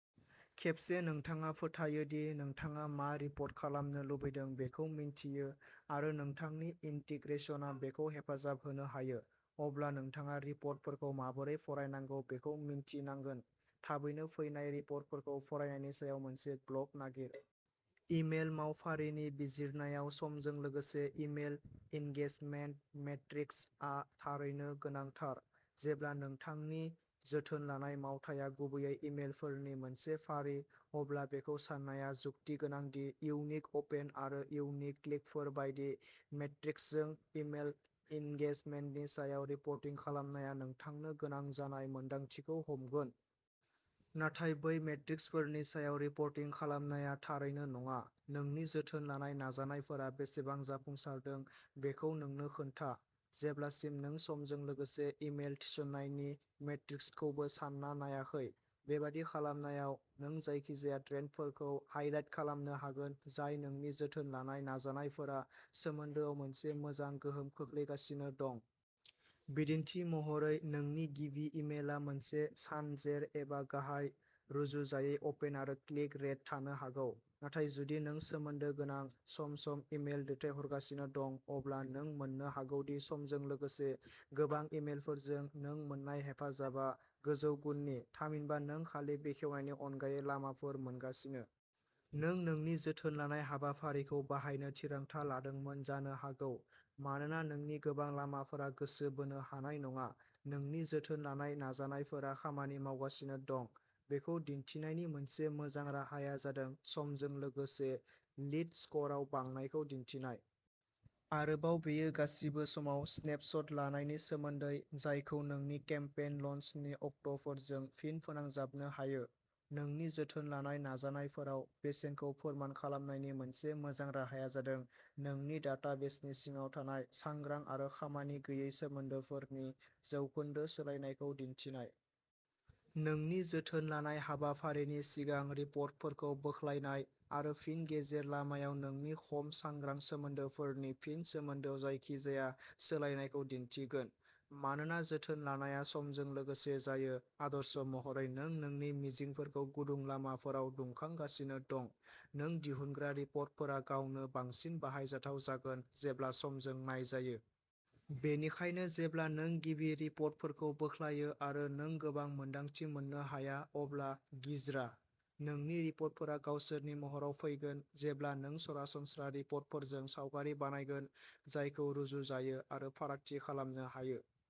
खेबसे नोंथाङा फोथायो दि नोंथाङा मा रिपर्ट खालामनो लुबैदों बेखौ मिन्थियो, आरो नोंथांनि इन्टिग्रेसनआ बेखौ हेफाजाब होनो हायो, अब्ला नोंथाङा रिपर्टफोरखौ माबोरै फरायनांगौ बेखौ मिन्थिनांगोन। थाबैनो फैनाय रिपर्टफोरखौ फरायनायनि सायाव मोनसे ब्लग नागिर। इमेल मावफारिनि बिजिरनायाव समजों लोगोसे इमेल इन्गेजमेन्ट मेट्रिक्सआ थारैनो गोनांथार। जेब्ला नोंथांनि जोथोन लानाय मावथाया गुबैयै इमेलफोरनि मोनसे फारि, अब्ला बेखौ साननाया जुक्तिगोनां दि इउनिक अपेन आरो इउनिक क्लिकफोर बायदि मेट्रिक्सजों इमेल इन्गेजमेन्टनि सायाव रिपर्टिं खालामनाया नोंथांनो गोनां जानाय मोनदांथिखौ हमगोन। नाथाय बै मेट्रिक्सफोरनि सायाव रिपर्टिं खालामनाया थारैनो नङा। नोंनि जोथोन लानाय नाजानायफोरा बेसेबां जाफुंसारदों बेखौ नोंनो खोन्था, जेब्लासिम नों समजों लोगोसे इमेल थिसननायनि मेट्रिक्सखौबो सानना नायाखै। बेबादि खालामनायाव, नों जायखिजाया ट्रेन्डफोरखौ हाईलाइट खालामनो हागोन जाय नोंनि जोथोन लानाय नाजानायफोरा सोमोन्दोआव मोनसे मोजां गोहोम खोख्लैगासिनो दं। बिदिन्थि महरै, नोंनि गिबि इमेलआ मोनसे सानजेर, एबा गाहाय, रुजुजायै अपेन आरो क्लिक रेट थानो हागौ, नाथाय जुदि नों सोमोन्दो गोनां, सम-सम इमेल दैथायहरगासिनो दं, अब्ला नों मोन्नो हागौ दि समजों लोगोसे, गोबां इमेलफोरजों, नों मोन्नाय हेफाजाबआ गोजौ गुननि, थामहिनबा नों खालि बेखेवनायनि अनगायै लामाफोर मोनगासिनो। नों नोंनि जोथोन लानाय हाबाफारिखौ बाहायनो थिरांथा लादोंमोन जानो हागौ मानोना नोंनि गोबां लामाफोरा गोसो बोनो हानाय नङा। नोंनि जोथोन लानाय नाजानायफोरा खामानि मावगासिनो दं बेखौ दिन्थिनायनि मोनसे मोजां राहाया जादों समजों लोगोसे लीड स्करआव बांनायखौ दिन्थिनाय। आरोबाव, बेयो गासिबो समाव स्नेपशट लानायनि सोमोन्दै, जायखौ नोंनि केम्पेइन लन्चनि अक्टफोरजों फिन फोनांजाबनो हायो। नोंनि जोथोन लानाय नाजानायफोराव बेसेनखौ फोरमान खालामनायनि मोनसे मोजां राहाया जादों नोंनि डाटाबेसनि सिङाव थानाय सांग्रां आरो खामानि गैयै सोमोन्दोफोरनि% सोलायनायखौ दिन्थिनाय। नोंनि जोथोन लानाय हाबाफारिनि सिगां रिपर्टफोरखौ बोख्लायनाय, आरो फिन गेजेर-लामायाव नोंनि खम सांग्रां सोमोन्दोफोरनि फिन-सोमोन्दोआव जायखिजाया सोलायनायखौ दिन्थिगोन। मानोना जोथोन लानायआ समजों लोगोसे जायो, आदर्श महरै नों नोंनि मिजिंफोरखौ गुदुं लामाफोराव दुंखांगासिनो दं, नों दिहुनग्रा रिपर्टफोरा गावनो बांसिन बाहायजाथाव जागोन जेब्ला समजों नायजायो। बेनिखायनो जेब्ला नों गिबि रिपर्टफोरखौ बोख्लायो आरो नों गोबां मोनदांथि मोननो हाया अब्ला गिज्रा। नोंनि रिपर्टफोरा गावसोरनि महराव फैगोन जेब्ला नों सरासनस्रा रिपर्टफोरजों सावगारि बानायगोन जायखौ रुजुजायो आरो फारागथि खालामनो हायो।